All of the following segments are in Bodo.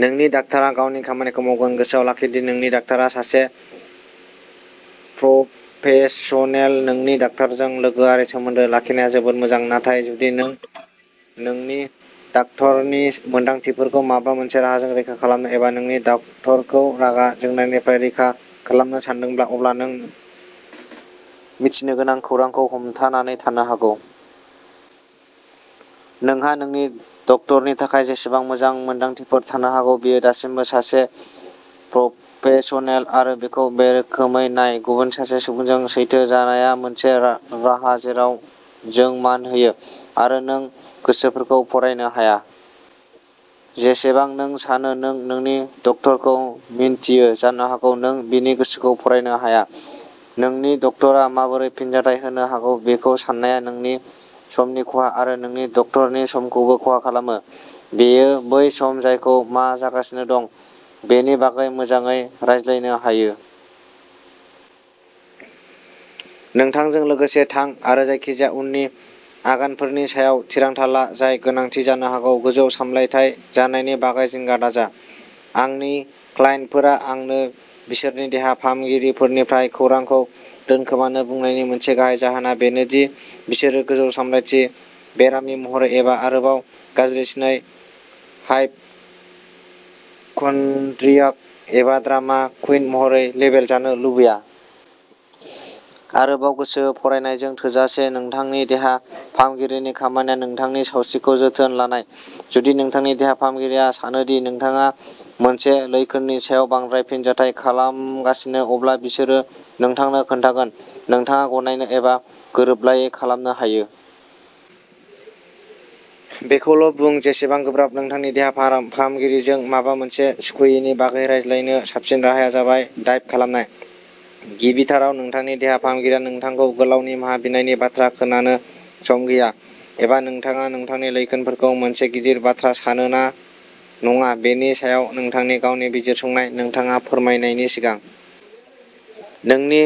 नोंनि डाक्टारआ गावनि खामानिखौ मावगोन। गोसोआव लाखि दि नोंनि डाक्टारआ सासे प्रफेसनेल। नोंनि डाक्टारजों लोगोआरि सोमोन्दो लाखिनाया जोबोद मोजां। नाथाय जुदि नों नोंनि डाक्टारनि मोनदांथिफोरखौ माबा मोनसे राहाजों रैखा खालामनो एबा नोंनि डक्टरखौ रागा जोंनायनिफ्राय रैखा खालामनो सानदोंब्ला अब्ला नों मिथिनो गोनां खौरांखौ हमथानानै थानो हागौ। नोंहा नोंनि डक्टरनि थाखाय जेसेबां मोजां मोनदांथिफोर थानो हागौ बियो दासिमबो सासे प्रफेसनेल। आरो बेखौ बे रोखोमै नाय गुबुन सासे सुबुंजों सैथो जानाया मोनसे रा-राहा जेराव जों मान होयो। आरो नों गोसोफोरखौ फरायनो हाया। जेसेबां नों सानो नों नोंनि डक्टरखौ मिन्थियो जानो हागौ नों बिनि गोसोखौ फरायनो हाया। नोंनि डक्टरआ माबोरै फिनजाथाय होनो हागौ बेखौ सान्नाया नोंनि समनि खहा आरो नोंनि डक्टरनि समखौबो खहा खालामो। बेयो बै सम जायखौ मा जागासिनो दं बेनि बागै मोजाङै रायज्लायनो हायो। नोंथांजों लोगोसे थां आरो जायखिजाया उननि आगानफोरनि सायाव थिरांथा ला जाय गोनांथि जानो हागौ। गोजौ सामलायथाय जानायनि बागै जिंगा दाजा। आंनि क्लाइन्टफोरा आंनो बिसोरनि देहा फाहामगिरिफोरनिफ्राय खौरांखौ दोनखोमानो बुंनायनि मोनसे गाहाय जाहोना बेनो दि बिसोरो गोजौ सामलायथि बेरामि महरै एबा आरोबाव गाज्रिसिनै हाइपकन्ड्रियाक एबा ड्रामा कुइन महरै लेबेल जानो लुबैया। आरोबाव गोसो फरायनायजों थोजासे नोंथांनि देहा फाहामगिरिनि खामानिया नोंथांनि सावस्रिखौ जोथोन लानाय। जुदि नोंथांनि देहा फाहामगिरिया सानो दि नोंथाङा मोनसे लैखोननि सायाव बांद्राय फिनजाथाय खालामगासिनो अब्ला बिसोरो नोंथांनो खोन्थागोन। नोंथाङा गनायनो एबा गोरोबलायै खालामनो हायो। बेखौल'बुं जेसेबां गोब्राब नोंथांनि देहा फाहामगिरिजों माबा मोनसे सुखुयैनि बागै रायज्लायनो साबसिन राहाया जाबाय दाइभ खालामनाय। गिबिथाराव नोंथांनि देहा फा-फाहामगिरिया नोंथांखौ गोलाव निमाहा बिनायनि बाथ्रा खोनानो सम गैया एबा नोंथाङा नोंथांनि लैखोनफोरखौ मोनसे गिदिर बाथ्रा सानो ना नङा बेनि सायाव नोंथांनि गावनि बिजिरसंनाय नोंथाङा फोरमायनायनि सिगां। नोंनि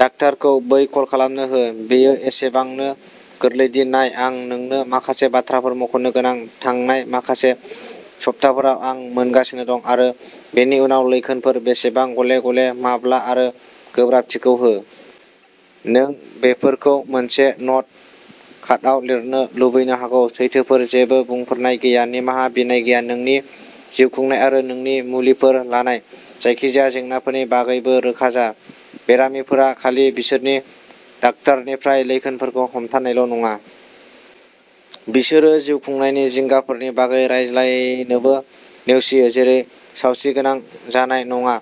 डाक्टारखौ बै कल खालामनो हो। बेयो एसेबांनो गोरलैदि नाय आं नोंनो माखासे बाथ्राफोर मख'नो गोनां। थांनाय माखासे सप्ताफोराव आं मोनगासिनो दं। आरो बेनि उनाव लैखोनफोर बेसेबां गले गले माब्ला आरो गोब्राबथिखौ हो। नों बेफोरखौ मोनसे न'ट कार्डआव लिरनो लुबैनो हागौ। सैथोफोर जेबो बुंफोरनाय गैया निमाहा बिनाय गैया। नोंनि जिउखुंनाय आरो नोंनि मुलिफोर लानाय जायखिजाया जेंनाफोरनि बागैबो रोखा जा। बेरामिफोरा खालि बिसोरनि डाक्टारनिफ्राय लैखोनफोरखौ हमथानायल' नङा। बिसोरो जिउखुंनायनि जिंगाफोरनि बागै रायज्लायनोबो नेवसियो जेरै सावस्रिगोनां जानाय नङा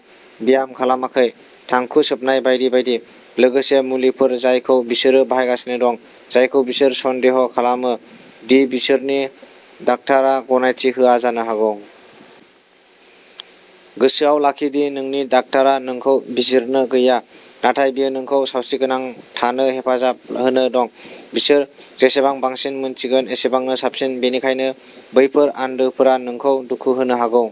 ब्याम खालामाखै थांखु सोबनाय बायदि बायदि। लोगोसे मुलिफोर जायखौ बिसोरो बाहायगासिनो दं जायखौ बिसोर सन्देह खालामो दि बिसोरनि डाक्टारआ गनायथि होआ जानो हागौ। गोसोआव लाखि दि नोंनि डाक्टारआ नोंखौ बिजिरनो गैया। नाथाय बियो नोंखौ सावस्रिगोनां थानो हेफाजाब होनो दं। बिसोर जेसेबां बांसिन मिन्थिगोन एसेबांनो साबसिन। बेनिखायनो बैफोर आन्दोफोरा नोंखौ दुखु होनो हागौ।